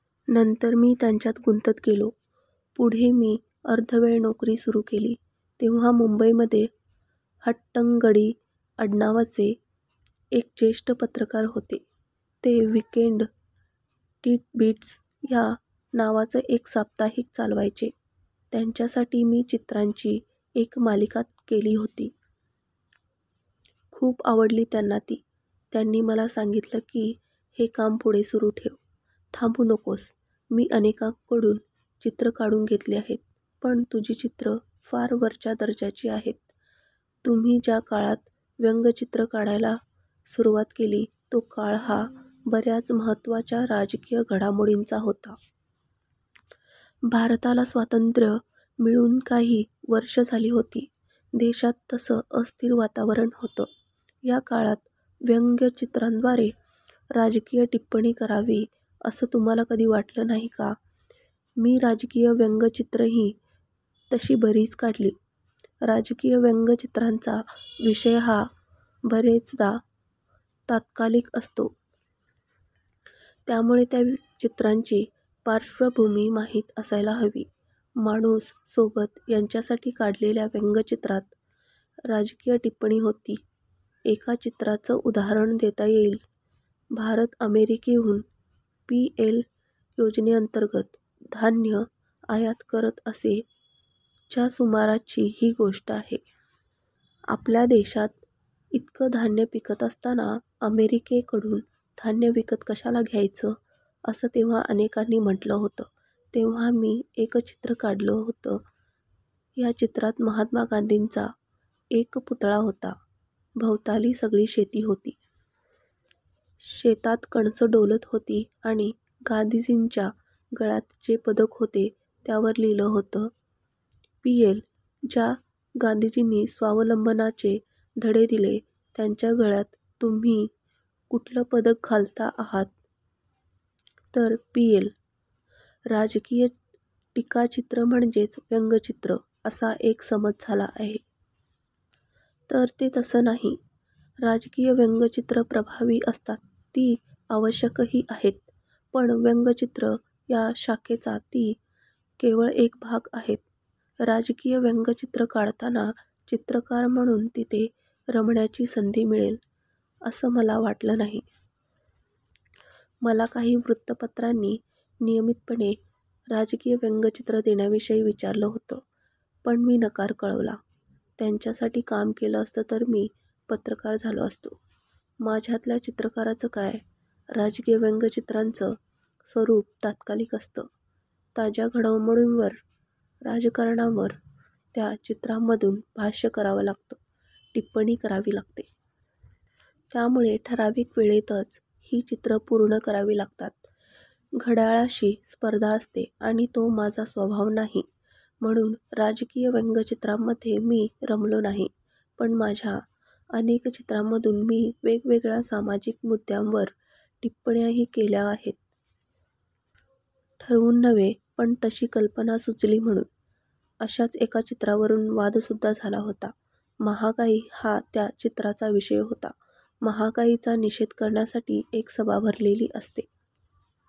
नंतर मी त्यांच्यात गुंतत गेलो. पुढे मी अर्धवेळ नोकरी सुरू केली. तेव्हा मुंबईमध्ये हट्टंगडी आडनावाचे एक ज्येष्ठ पत्रकार होते. ते 'वीकेंड टिटबिट्स' या नावाचं एक साप्ताहिक चालवायचे. त्यांच्यासाठी मी चित्रांची एक मालिका केली होती. खूप आवडली त्यांना ती. त्यांनी मला सांगितलं की, 'हे काम पुढे सुरू ठेव, थांबू नकोस. मी अनेकांकडून चित्रं काढून घेतली आहेत, पण तुझी चित्रं फार वरच्या दर्जाची आहेत'. तुम्ही ज्या काळात व्यंग्यचित्रं काढायला सुरुवात केली, तो काळ हा बर्याच महत्त्वाच्या राजकीय घडामोडींचा होता. भारताला स्वातंत्र्य मिळून काही वर्षं झाली होती. देशात तसं अस्थिर वातावरण होतं. या काळात व्यंग्यचित्रांद्वारे राजकीय टिप्पणी करावी, असं तुम्हाला कधी वाटलं नाही का? मी राजकीय व्यंग्यचित्रंही तशी बरीच काढली. राजकीय व्यंग्यचित्रांचा विषय हा बरेचदा तात्कालिक असतो. त्यामुळे त्या चित्रांची पार्श्वभूमी माहीत असायला हवी. 'माणूस', 'सोबत' यांच्यासाठी काढलेल्या व्यंग्यचित्रांत राजकीय टिप्पणी होती. एका चित्राचं उदाहरण देता येईल. भारत अमेरिकेहून पीएल योजनेअंतर्गत धान्य आयात करत असे. च्या सुमाराची ही गोष्ट आहे. आपल्या देशात इतकं धान्य पिकत असताना अमेरिकेकडून धान्य विकत कशाला घ्यायचं, असं तेव्हा अनेकांनी म्हटलं होतं. तेव्हा मी एक चित्र काढलं होतं. या चित्रात महात्मा गांधींचा एक पुतळा होता. भवताली सगळी शेती होती. शेतात कणसं डोलत होती, आणि गांधीजींच्या गळ्यात जे पदक होतं, त्यावर लिहिलं होतं पीएल. ज्या गांधीजींनी स्वावलंबनाचे धडे दिले, त्यांच्या गळ्यात तुम्ही कुठलं पदक घालता आहात? तर पीएल. राजकीय टीकाचित्र म्हणजेच व्यंग्यचित्र, असा एक समज झाला आहे. तर ते तसं नाही. राजकीय व्यंग्यचित्रं प्रभावी असतात, ती आवश्यकही आहेत, पण व्यंग्यचित्र या शाखेचा ती केवळ एक भाग आहेत. राजकीय व्यंग्यचित्रं काढताना चित्रकार म्हणून तिथे रमण्याची संधी मिळेल, असं मला वाटलं नाही. मला काही वृत्तपत्रांनी नियमितपणे राजकीय व्यंग्यचित्रं देण्याविषयी विचारलं होतं. पण मी नकार कळवला. त्यांच्यासाठी काम केलं असतं तर मी पत्रकार झालो असतो. माझ्यातल्या चित्रकाराचं काय? राजकीय व्यंग्यचित्रांचं स्वरूप तात्कालिक असतं. ताज्या घडामोडींवर, राजकारणावर त्या चित्रांमधून भाष्य करावं लागतं, टिप्पणी करावी लागते. त्यामुळे ठरावीक वेळेतच ही चित्रं पूर्ण करावी लागतात. घड्याळाशी स्पर्धा असते, आणि तो माझा स्वभाव नाही. म्हणून राजकीय व्यंग्यचित्रांमध्ये मी रमलो नाही. पण माझ्या अनेक चित्रांमधून मी वेगवेगळ्या सामाजिक मुद्द्यांवर टिप्पण्याही केल्या आहेत. ठरवून नव्हे, पण तशी कल्पना सुचली म्हणून. अशाच एका चित्रावरून वादसुद्धा झाला होता. महागाई हा त्या चित्राचा विषय होता. महागाईचा निषेध करण्यासाठी एक सभा भरलेली असते.